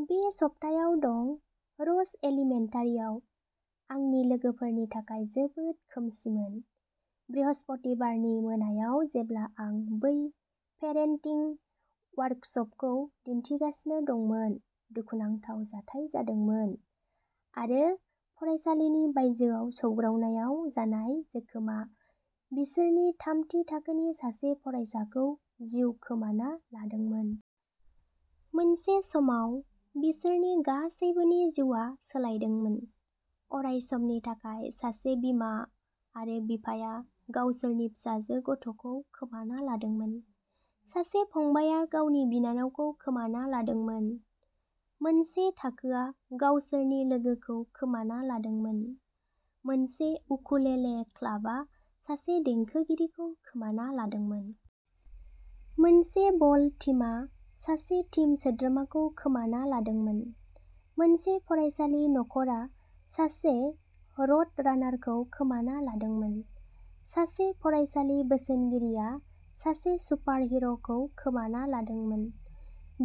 बे सप्तायाव दं। रस एलिमेन्टारिआव आंनि लोगोफोरनि थाखाय जोबोद खोमसिमोन। बृहस्पतिबारनि मोनायाव जेब्ला आं बै पेरेन्टिं वर्कसपखौ दिन्थिगासिनो दंमोन, दुखुनांथाव जाथाय जादोंमोन आरो फरायसालिनि बायजोआव सौग्रावनायाव जानाय जोखोमआ बिसोरनि थामथि थाखोनि सासे फरायसाखौ जिउ खोमाना लादोंमोन। मोनसे समाव, बिसोरनि गासैबोनि जिउआ सोलायदोंमोन। अरायसमनि थाखाय। सासे बिमा आरो बिफाया गावसोरनि फिसाजो गथ'खौ खोमाना लादोंमोन। सासे फंबायआ गावनि बिनानावखौ खोमाना लादोंमोन। मोनसे थाखोआ गावसोरनि लोगोखौ खोमाना लादोंमोन। मोनसे उकुलेले क्लाबआ सासे देंखोगिरिखौ खोमाना लादोंमोन। मोनसे बल टीमा सासे टीम सोद्रोमाखौ खोमाना लादोंमोन। मोनसे फरायसालि नखरा सासे र'डरानारखौ खोमाना लादोंमोन। सासे फरायसालि बोसोनगिरिया सासे सुपारहिर'खौ खोमाना लादोंमोन।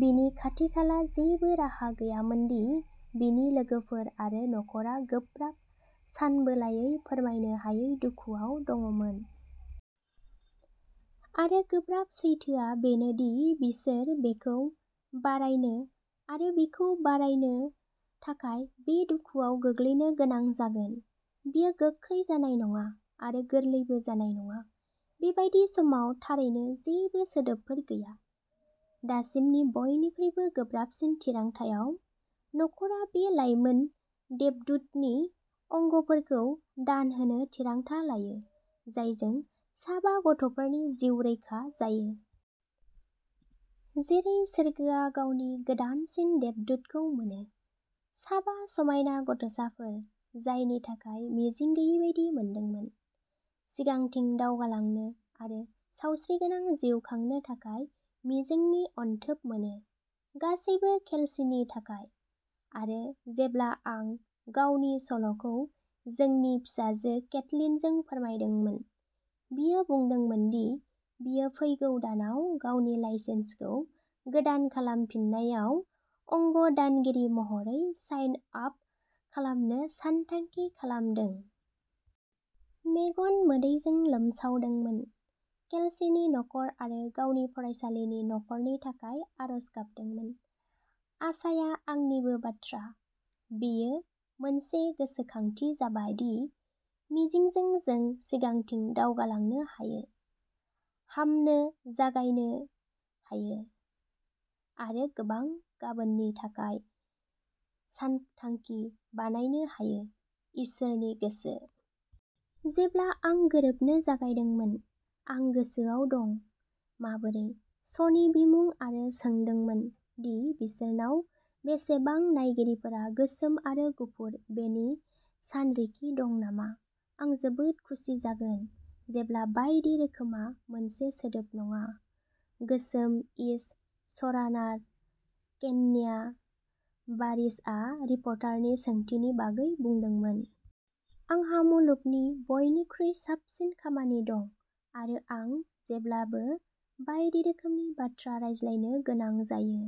बिनि खाथि-खाला जेबो राहा गैयामोन दि बिनि लोगोफोर आरो नखरा गोब्राब, सानबोलायै, फोरमायनो हायै दुखुआव दंमोन। आरो गोब्राब सैथोआ बेनो दि बिसोर बेखौ बारायनो आरो बेखौ बारायनो थाखाय बे दुखुआव गोग्लैनो गोनां जागोन। बेयो गोख्रै जानाय नङा आरो गोरलैबो जानाय नङा। बेबादि समाव थारैनो जेबो सोदोबफोर गैया। दासिमनि बयनिख्रुइबो गोब्राबसिन थिरांथायाव, न'खरआ बे लाइमोन देबदूतनि अंगफोरखौ दान होनो थिरांथा लायो, जायजों साबा गथ'फोरनि जिउ रैखा जायो। जेरै सोरगोआ गावनि गोदानसिन देबदूतखौ मोनो, साबा समायना गथ'साफोर, जायनि थाखाय मिजिं गैयै बायदि मोनदोंमोन, सिगांथिं दावगालांनो आरो सावस्रिगोनां जिउ खांनो थाखाय मिजिंनि अनथोब मोनो। गासैबो केल्सीनि थाखाय। आरो जेब्ला आं गावनि सल'खौ जोंनि फिसाजो केटलिनजों फोरमायदोंमोन, बियो बुंदोंमोन दि बियो फैगौ दानाव गावनि लाइसेन्सखौ गोदान खालामफिननायाव अंग दानगिरि महरै साइन आप खालामनो सानथांखि खालामदों। मेगन मोदैजों लोमसावदोंमोन। केल्सीनि नखर आरो गावनि फरायसालि नखरनि थाखाय आरज गाबदोंमोन। आसाया आंनिबो बाथ्रा। बेयो मोनसे गोसोखांथि जाबाय दि मिजिंजों जों सिगांथिं दावगालांनो हायो, हामनो जागायनो हायो, आरो गोबां गाबोननि थाखाय सानथांखि बानायनो हायो; इसोरनि गोसो। जेब्ला आं गोरोबनो जागायदोंमोन आं गोसोआव दं माबोरै। श'नि बिमुं आरो सोंदोंमोन दि बिसोरनाव बेसेबां नायगिरिफोरा गोसोम आरो गुफुर बेनि सानरिखि दं नामा। "आं जोबोद खुसि जागोन जेब्ला बायदि रोखोमआ मोनसे सोदोब नङा", गोसोम-इश श'रानार केन्या बारिसआ रिपर्टारनि सोंथिनि बागै बुंदोंमोन। "आंहा मुलुगनि बयनिख्रुइ साबसिन खामानि दं आरो आं जेब्लाबो बायदि रोखोमनि बाथ्रा रायज्लायनो गोनां जायो।